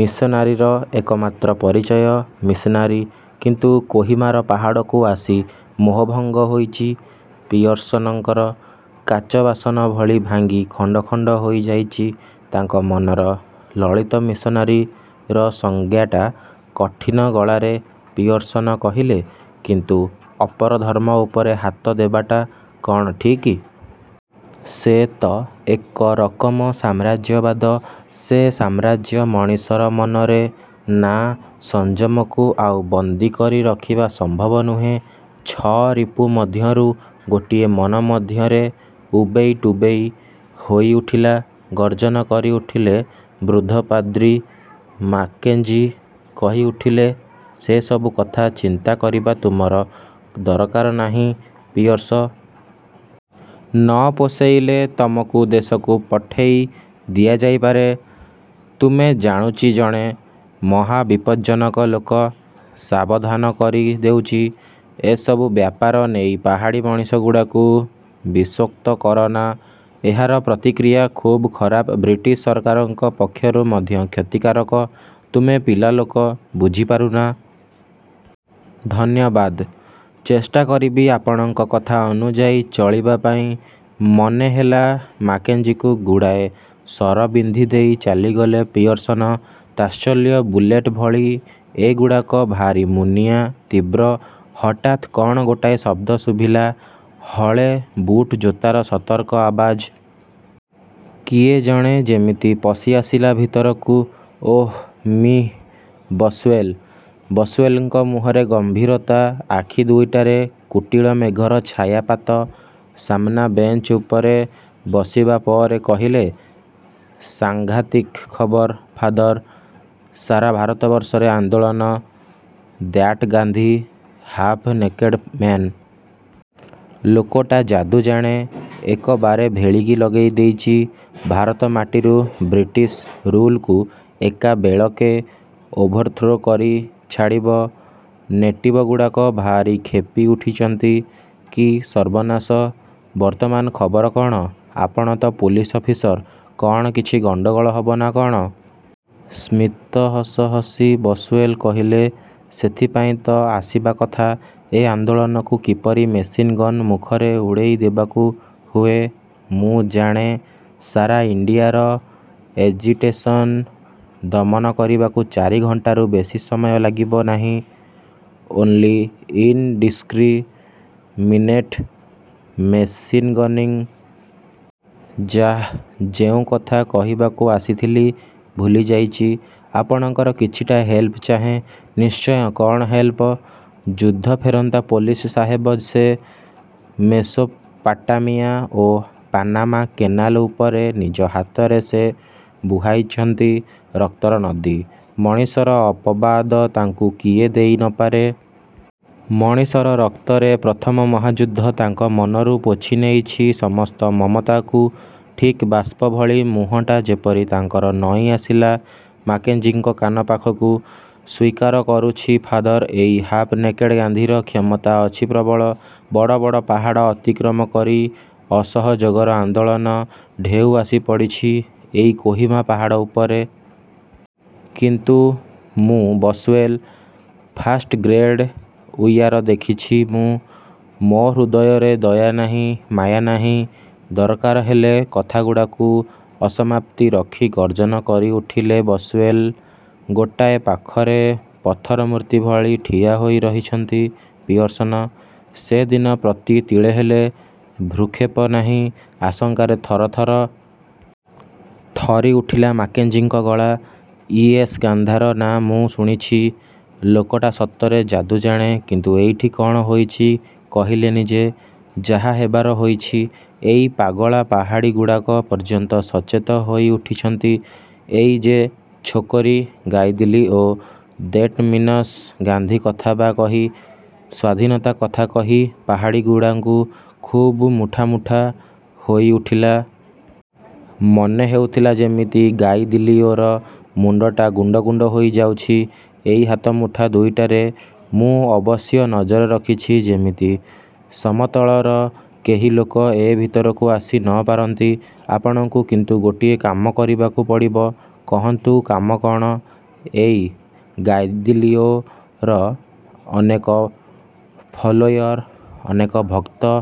ମିଶନାରୀର ଏକମାତ୍ର ପରିଚୟ ମିଶନାରୀ। କିନ୍ତୁ କୋହିମାର ପାହାଡ଼କୁ ଆସି ମୋହଭଙ୍ଗ ହୋଇଚି ପିୟର୍ସନଙ୍କର। କାଚବାସନ ଭଳି ଭାଙ୍ଗି ଖଣ୍ଡ ଖଣ୍ଡ ହୋଇଯାଇଚି ତାଙ୍କ ମନର ଲଳିତ ମିଶନାରୀର ସଂଜ୍ଞାଟା। କଠିନ ଗଳାରେ ପିୟର୍ସନ କହିଲେ–କିନ୍ତୁ ଅପର ଧର୍ମ ଉପରେ ହାତ ଦେବାଟା କ'ଣ ଠିକ୍? ସେ ତ ଏକରକମ ସାମ୍ରାଜ୍ୟବାଦ। ସେ ସାମ୍ରାଜ୍ୟ ମଣିଷର ମନରେ। ନାଁ'–ସଂଯମକୁ ଆଉ ବନ୍ଦୀ କରି ରଖିବା ସମ୍ଭବ ନୁହେଁ। ଛଅ ରିପୁ ମଧ୍ୟରୁ ଗୋଟିଏ ମନ ମଧ୍ୟରେ ଉବେଇ ଟୁବେଇ ହୋଇଉଠିଲା। ଗର୍ଜନ କରି ଉଠିଲେ ବୃଦ୍ଧ ପାଦ୍ରୀ ମାକେଞ୍ଜି। କହିଉଠିଲେ–ସେସବୁ କଥା ଚିନ୍ତା କରିବା ତୁମର ଦରକାର ନାହିଁ ପିୟର୍ସନ! ନ ପୋଷଇଲେ ତମକୁ ଦେଶକୁ ପଠେଇ ଦିଆଯାଇପାରେ। ତୁମେ, ଜାଣୁଚି ଜଣେ ମହାବିପଜ୍ଜନକ ଲୋକ। ସାବଧାନ କରି ଦେଉଚି, ଏସବୁ ବ୍ୟାପାର ନେଇ ପାହାଡ଼ୀ ମଣିଷଗୁଡ଼ାକୁ ବିଷୋକ୍ତ କରନା। ଏହାର ପ୍ରତିକ୍ରିୟା ଖୁବ୍ ଖରାପ। ବ୍ରିଟିଶ ସରକାରଙ୍କ ପକ୍ଷରୁ ମଧ୍ୟ କ୍ଷତିକାରକ। ତୁମେ ପିଲାଲୋକ, ବୁଝିପାରୁନା। –ଧନ୍ୟବାଦ। ଚେଷ୍ଟା କରିବି ଆପଣଙ୍କ କଥା ଅନୁଯାୟୀ ଚଳିବା ପାଇଁ। ମନେ ହେଲା ମାକେଞ୍ଜିକୁ ଗୁଡ଼ାଏ ଶର ବିନ୍ଧି ଦେଇ ଚାଲିଗଲେ ପିୟର୍ସନ। ତାତ୍ସଲ୍ୟ–ବୁଲେଟ ଭଳି ଏଗୁଡ଼ାକ ଭାରି ମୁନିଆ, ତୀବ୍ର। ହଠାତ୍ କ'ଣ ଗୋଟାଏ ଶବ୍ଦ ଶୁଭିଲା। ହଳେ ବୁଟ୍ ଜୋତାର ସତର୍କ ଆବାଜ। କିଏ ଜଣେ ଯେମିତି ପଶି ଆସିଲା ଭିତରକୁ। ଓଃ ମିଃ ବସ୍ଓ୍ୱେଲ। ବସଓ୍ୱେଲଙ୍କ ମୁହଁରେ ଗମ୍ଭୀରତା। ଆଖି ଦୁଇଟାରେ କୁଟୀଳ ମେଘର ଛାୟାପାତ। ସାମନା ବେଞ୍ଚ ଉପରେ ବସିବା ପରେ କହିଲେ–ସାଘାଂତିକ ଖବର ଫାଦର! ସାରା ଭାରତବର୍ଷରେ ଆନ୍ଦୋଳନ। That Gandhi. Half naked man. ଲୋକଟା ଯାଦୁ ଜାଣେ। ଏକବାରେ ଭେଳିକି ଲଗେଇ ଦେଇଚି। ଭାରତ ମାଟିରୁ ବ୍ରିଟିଶ ରୁଲକୁ ଏକାବେଳକେ ଓଭରଥ୍ରୋ କରି ଛାଡ଼ିବ। ନେଟିବଗୁଡ଼ାକ ଭାରି କ୍ଷେପି ଉଠିଚନ୍ତି। –କି ସର୍ବନାଶ! ବର୍ତ୍ତମାନ ଖବର କ'ଣ? ଆପଣ ତ ପୁଲିସ ଅଫିସର। କ'ଣ କିଛି ଗଣ୍ଡଗୋଳ ହବ ନା କ'ଣ? ସ୍ମିତ ହସ ହସି ବସଓ୍ୱେଲ କହିଲେ–ସେଇଥିପାଇଁ ତ ଆସିବା କଥା। ଏ ଆନ୍ଦୋଳନକୁ କିପରି ମେସିନ୍ ଗନ୍ ମୁଖରେ ଉଡ଼େଇ ଦେବାକୁ ହୁଏ। ମୁଁ ଜାଣେ, ସାରା ଇଣ୍ଡିୟାର ଏଜିଟେସନ୍ ଦମନ କରିବାକୁ ଚାରି ଘଣ୍ଟାରୁ ବେଶି ସମୟ ଲାଗିବ ନାହିଁ। Only indiscriminate machine gunning. ଯାଃ, ଯେଉଁ କଥା କହିବାକୁ ଆସିଥିଲି, ଭୁଲିଯାଇଚି। ଆପଣଙ୍କର କିଛିଟା ହେଲ୍ପ ଚାହେଁ। –ନିଶ୍ଚୟ, କ'ଣ ହେଲପ? ଯୁଦ୍ଧଫେରନ୍ତା ପୋଲିସ ସାହେବ ସେ। ମେସୋପାଟାମିଆ ଓ ପାନାମା କେନାଲ ଉପରେ ନିଜ ହାତରେ ସେ ବୁହାଇଛନ୍ତି ରକ୍ତର ନଦୀ। ମଣିଷର ଅପବାଦ ତାଙ୍କୁ କିଏ ଦେଇ ନ ପାରେ। ମଣିଷର ରକ୍ତରେ ପ୍ରଥମ ମହାଯୁଦ୍ଧ ତାଙ୍କ ମନରୁ ପୋଛିନେଇଛି ସମସ୍ତ ମମତାକୁ। ଠିକ୍ ବାଷ୍ପ ଭଳି। ମୁହଁଟା ଯେପରି ତାଙ୍କର ନଇଁଆସିଲା ମାକେଞ୍ଜିଙ୍କ କାନ ପାଖକୁ। ସ୍ୱୀକାର କରୁଛି ଫାଦର ଏଇ ହାଫ ନେକେଡ଼ ଗାନ୍ଧୀର କ୍ଷମତା ଅଛି ପ୍ରବଳ। ବଡ଼ ବଡ଼ ପାହାଡ଼ ଅତିକ୍ରମ କରି ଅସହଯୋଗର ଆନ୍ଦୋଳନ–ଢେଉ ଆସିପଡ଼ିଛି ଏଇ କୋହିମା ପାହାଡ଼ ଉପରେ। କିନ୍ତୁ ମୁଁ ବସଓ୍ୱେଲ! ଫାଷ୍ଟଗ୍ରେଡ଼ ଉୟାର ଦେଖିଛି ମୁଁ। ମୋ ହୃଦୟରେ ଦୟାନାହିଁ, ମାୟା ନାହିଁ। ଦରକାର ହେଲେ କଥାଗୁଡ଼ାକୁ ଅସମାପ୍ତି ରଖି ଗର୍ଜନ କରିଉଠିଲେ ବସଓ୍ୱେୟଲ। ଗୋଟାଏ ପାଖରେ ପଥରମୂର୍ତ୍ତି ଭଳି ଠିଆ ହୋଇରହିଛନ୍ତି ପିୟର୍ସନ। ସେଦିଗ ପ୍ରତି ତିଳେହେଲେ ଭ୍ରୁକ୍ଷେପ ନାହିଁ। ଆଶଙ୍କାରେ ଥର ଥର। ଥରି ଉଠିଲା ମାକେଞ୍ଜିଙ୍କ ଗଳା। –ଇୟେସ୍, ଗାନ୍ଧାର ନାଁ ମୁଁ ଶୁଣିଛି, ଲୋକଟା ସତରେ ଯାଦୁଜାଣେ, କିନ୍ତୁ ଏଇଠି କଣ ହୋଇଛି କହିଲେନି ଯେ– –ଯାହା ହେବାର ହୋଇଛି, ଏଇ ପାଗଳା ପାହାଡ଼ୀଗୁଡ଼ାକ ପର୍ଯ୍ୟନ୍ତ ସଚେତ ହୋଇଉଠିଛନ୍ତି। ଏଇ ଯେ ଛୋକରୀ ଗାଇଦିଲିଓ, ଦେଟ ମିନସ ଗାନ୍ଧୀ କଥାବା କହି, ସ୍ୱାଧୀନତା କଥା କହି ପାହାଡ଼ୀଗୁଡ଼ାଙ୍କୁ ଖୁବ୍ ମୁଠା ମୁଠା ହୋଇଉଠିଲା। ମନେ ହେଉଥିଲା ଯେମିତି ଗାଇଦିଲିଓର ମୁଣ୍ଡଟା ଗୁଣ୍ଡ ଗୁଣ୍ଡ ହୋଇଯାଉଛି ଏଇ ହାତମୁଠା ଦୁଇଟାରେ। ମୁଁ ଅବଶ୍ୟ ନଜର ରଖିଛି ଯେମିତି ସମତଳର କେହି ଲୋକ ଏ ଭିତରକୁ ଆସି ନ ପାରନ୍ତି। ଆପଣଙ୍କୁ କିନ୍ତୁ ଗୋଟିଏ କାମ କରିବାକୁ ପଡ଼ିବ। –କହନ୍ତୁ କାମ କଣ? –ଏଇ। ଗାଇଦିଲିଓର ଅନେକ ଫଲୋୟର, ଅନେକ ଭକ୍ତ।